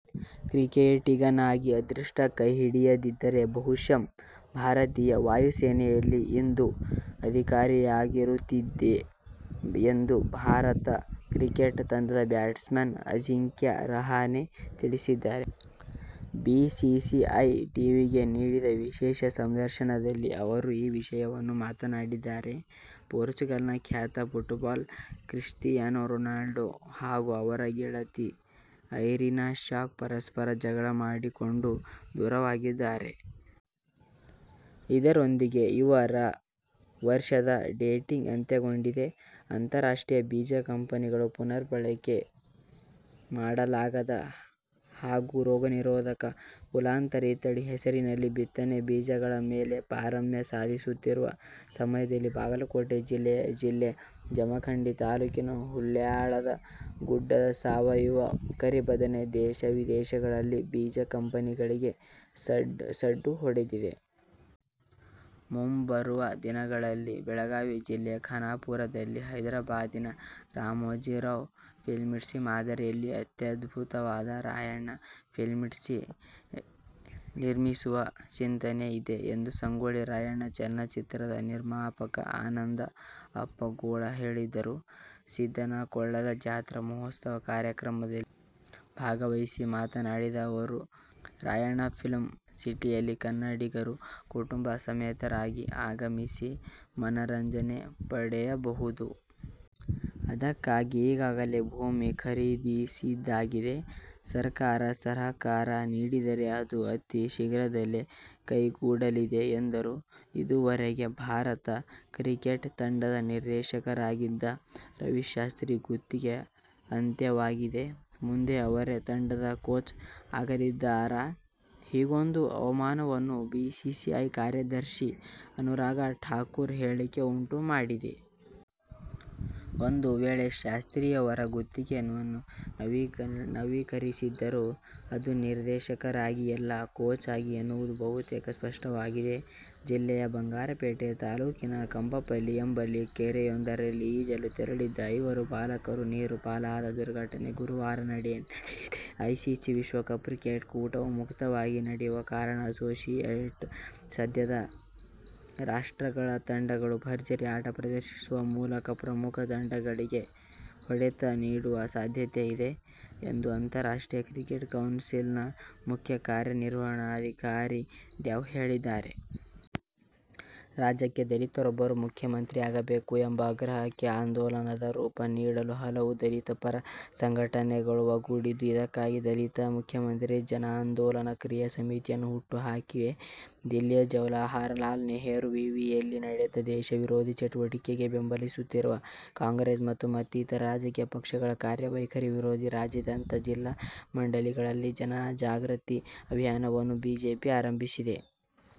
ಕ್ರಿಕೆಟಿಗನಾಗಿ ಅದೃಷ್ಟ ಕೈ ಹಿಡಿಯದಿದ್ದರೆ ಬಹುಶಃ ಭಾರತೀಯ ವಾಯು ಸೇನೆಯಲ್ಲಿ ಇಂದು ಅಧಿಕಾರಿಯಾಗಿರುತ್ತಿದ್ದೆ ಎಂದು ಭಾರತ ಕ್ರಿಕೆಟ್ ತಂಡದ ಬ್ಯಾಟ್ಸ್ಮನ್ ಅಜಿಂಕ್ಯ ರಹಾನೆ ತಿಳಿಸಿದ್ದಾರೆ. ಬಿಸಿಸಿಐ ಟೀವಿಗೆ ನೀಡಿದ ವಿಶೇಷ ಸಂದರ್ಶನದಲ್ಲಿ ಅವರು ಈ ವಿಷಯವನ್ನು ಮಾತನಾಡಿದ್ದಾರೆ. ಪೋರ್ಚುಗಲ್ನ ಖ್ಯಾತ ಫುಟ್ಬಾಲಿಗ ಕ್ರಿಸ್ಟಿಯಾನೋ ರೊನಾಲ್ಡೊ ಹಾಗೂ ಅವರ ಗೆಳತಿ ಐರಿನಾ ಶಾಕ್ ಪರಸ್ಪರ ಜಗಳವಾಡಿಕೊಂಡು ದೂರವಾಗಿದ್ದಾರೆ. ಇದರೊಂದಿಗೆ ಇವರ ವರ್ಷದ ಡೇಟಿಂಗ್ ಅಂತ್ಯಗೊಂಡಿದೆ. ಅಂತಾರಾಷ್ಟ್ರೀಯ ಬೀಜ ಕಂಪನಿಗಳು ಪುನರ್ಬಳಕೆ ಮಾಡಲಾಗದ ಹಾಗೂ ರೋಗನಿರೋಧಕ, ಕುಲಾಂತರಿ ತಳಿ ಹೆಸರಿನಲ್ಲಿ ಬಿತ್ತನೆ ಬೀಜಗಳ ಮೇಲೆ ಪಾರಮ್ಯ ಸಾಧಿಸುತ್ತಿರುವ ಸಮಯದಲ್ಲಿ ಬಾಗಲಕೋಟೆ ಜಿಲ್ಲೆ ಜಮಖಂಡಿ ತಾಲೂಕಿನ ಹುಲ್ಯಾಳದ ಗುಡ್ಡದ ಸಾವಯವ ಕರಿಬದನೆ ದೇಶ-ವಿದೇಶಗಳಲ್ಲಿ ಬೀಜ ಕಂಪನಿಗಳಿಗೆ ಸಡ್ಡು ಹೊಡೆದಿದೆ. ಮುಂಬರುವ ದಿನಗಳಲ್ಲಿ ಬೆಳಗಾವಿ ಜಿಲ್ಲೆಯ ಖಾನಾಪುರದಲ್ಲಿ ಹೈದರಾಬಾದಿನ ರಾಮೋಜಿರಾವ್ ಫಿಲ್ಮ್ಸಿಟಿ ಮಾದರಿಯಲ್ಲಿ ಅತ್ಯದ್ಭುತವಾದ "ರಾಯಣ್ಣ ಫಿಲ್ಮ್ಸಿಟಿ' ನಿರ್ಮಿಸುವ ಚಿಂತನೆಯಿದೆ ಎಂದು ಸಂಗೊಳ್ಳಿ ರಾಯಣ್ಣ ಚಲನಚಿತ್ರದ ನಿರ್ಮಾಪಕ ಆನಂದ ಅಪ್ಪಗೋಳ ಹೇಳಿದರು. ಸಿದ್ಧನಕೊಳ್ಳದ ಜಾತ್ರಾ ಮಹೋತ್ಸವ ಕಾರ್ಯಕ್ರಮದಲ್ಲಿ ಭಾಗವಹಿಸಿ ಮಾತನಾಡಿದ ಅವರು, ರಾಯಣ್ಣ ಫಿಲ್ಮ್ ಸಿಟಿಯಲ್ಲಿ ಕನ್ನಡಿಗರು ಕುಟುಂಬ ಸಮೇತರಾಗಿ ಆಗಮಿಸಿ ಮನರಂಜನೆ ಪಡೆಯಬಹುದು. ಅದಕ್ಕಾಗಿ ಈಗಾಗಲೇ ಭೂಮಿ ಖರೀದಿಸಿದ್ದಾಗಿದೆ. ಸರ್ಕಾರ ಸಹಕಾರ ನೀಡಿದರೆ ಅದು ಅತೀ ಶೀಘ್ರದಲ್ಲೇ ಕೈಗೂಡಲಿದೆ ಎಂದರು. ಇದುವರೆಗೆ ಭಾರತ ಕ್ರಿಕೆಟ್ ತಂಡದ ನಿರ್ದೇಶಕರಾಗಿದ್ದ ರವಿಶಾಸ್ತ್ರಿ ಗುತ್ತಿಗೆ ಅಂತ್ಯವಾಗಿದೆ. ಮುಂದೆ ಅವರೇ ತಂಡದ ಕೋಚ್ ಆಗಲಿದ್ದಾರಾ? ಹೀಗೊಂದು ಅನುಮಾನವನ್ನು ಬಿಸಿಸಿಐ ಕಾರ್ಯದರ್ಶಿ ಅನುರಾಗ್ ಠಾಕೂರ್ ಹೇಳಿಕೆ ಉಂಟು ಮಾಡಿದೆ. ಒಂದು ವೇಳೆ ಶಾಸ್ತ್ರಿಯವರ ಗುತ್ತಿಗೆಯನ್ನು ನವೀಕರಿಸಿದರೂ ಅದು ನಿರ್ದೇಶಕರಾಗಿಯಲ್ಲ, ಕೋಚ್ ಆಗಿ ಎನ್ನುವುದು ಬಹುತೇಕ ಸ್ಪಷ್ಟವಾಗಿದೆ. ಜಿಲ್ಲೆಯ ಬಂಗಾರಪೇಟೆ ತಾಲೂಕಿನಕಂಬಪಲ್ಲಿ ಎಂಬಲ್ಲಿ ಕೆರೆಯೊಂದರಲ್ಲಿ ಈಜಲು ತೆರಳಿದ್ದ ಐವರು ಬಾಲಕರು ನೀರು ಪಾಲಾದ ದುರ್ಘಟನೆ ಗುರುವಾರ ನಡೆದಿದೆ. ಐಸಿಸಿ ವಿಶ್ವ ಕಪ್ ಕ್ರಿಕೆಟ್ ಕೂಟವು ಮುಕ್ತವಾಗಿ ನಡೆಯುವ ಕಾರಣ ಅಸೋಸಿಯೇಟ್ ಸದಸ್ಯ ರಾಷ್ಟ್ರಗಳ ತಂಡಗಳು ಭರ್ಜರಿ ಆಟ ಪ್ರದರ್ಶಿಸುವ ಮೂಲಕ ಪ್ರಮುಖ ತಂಡಗಳಿಗೆ ಹೊಡೆತ ನೀಡುವ ಸಾಧ್ಯತೆಯಿದೆ ಎಂದು ಅಂತಾರಾಷ್ಟ್ರೀಯ ಕ್ರಿಕೆಟ್ ಕೌನ್ಸಿಲ್ ನ ಮುಖ್ಯ ಕಾರ್ಯನಿರ್ವಹಣಾಧಿಕಾರಿ ಡ್ಯಾವ್ ಹೇಳಿದ್ದಾರೆ. ರಾಜ್ಯಕ್ಕೆ ದಲಿತರೊಬ್ಬರು ಮುಖ್ಯಮಂತ್ರಿಯಾಗಬೇಕು ಎಂಬ ಆಗ್ರಹಕ್ಕೆ ಆಂದೋಲನದ ರೂಪ ನೀಡಲು ಹಲವು ದಲಿತ ಪರ ಸಂಘಟನೆಗಳು ಒಗ್ಗೂಡಿದ್ದು, ಇದಕ್ಕಾಗಿ ದಲಿತ ಮುಖ್ಯಮಂತ್ರಿ ಜನಾಂದೋಲನ ಕ್ರಿಯಾ ಸಮಿತಿಯನ್ನು ಹುಟ್ಟುಹಾಕಿವೆ. ದಿಲ್ಲಿಯ ಜವಾಹರಲಾಲ ನೆಹರು ವಿ. ವಿ. ಯಲ್ಲಿ ನಡೆದ ದೇಶವಿರೋಧಿ ಚಟುವಟಿಕೆ ಬೆಂಬಲಿಸುತ್ತಿರುವ ಕಾಂಗ್ರೆಸ್ ಹಾಗೂ ಮತ್ತಿತರ ರಾಜಕೀಯ ಪಕ್ಷಗಳ ಕಾರ್ಯವೈಖರಿ ವಿರೋಧಿಸಿ ರಾಜ್ಯಾದ್ಯಂತ ಜಿಲ್ಲಾ, ಮಂಡಲಗಳಲ್ಲಿ ಜನಜಾಗೃತಿ ಅಭಿಯಾನವನ್ನು ಬಿಜೆಪಿ ಆರಂಭಿಸಿದೆ.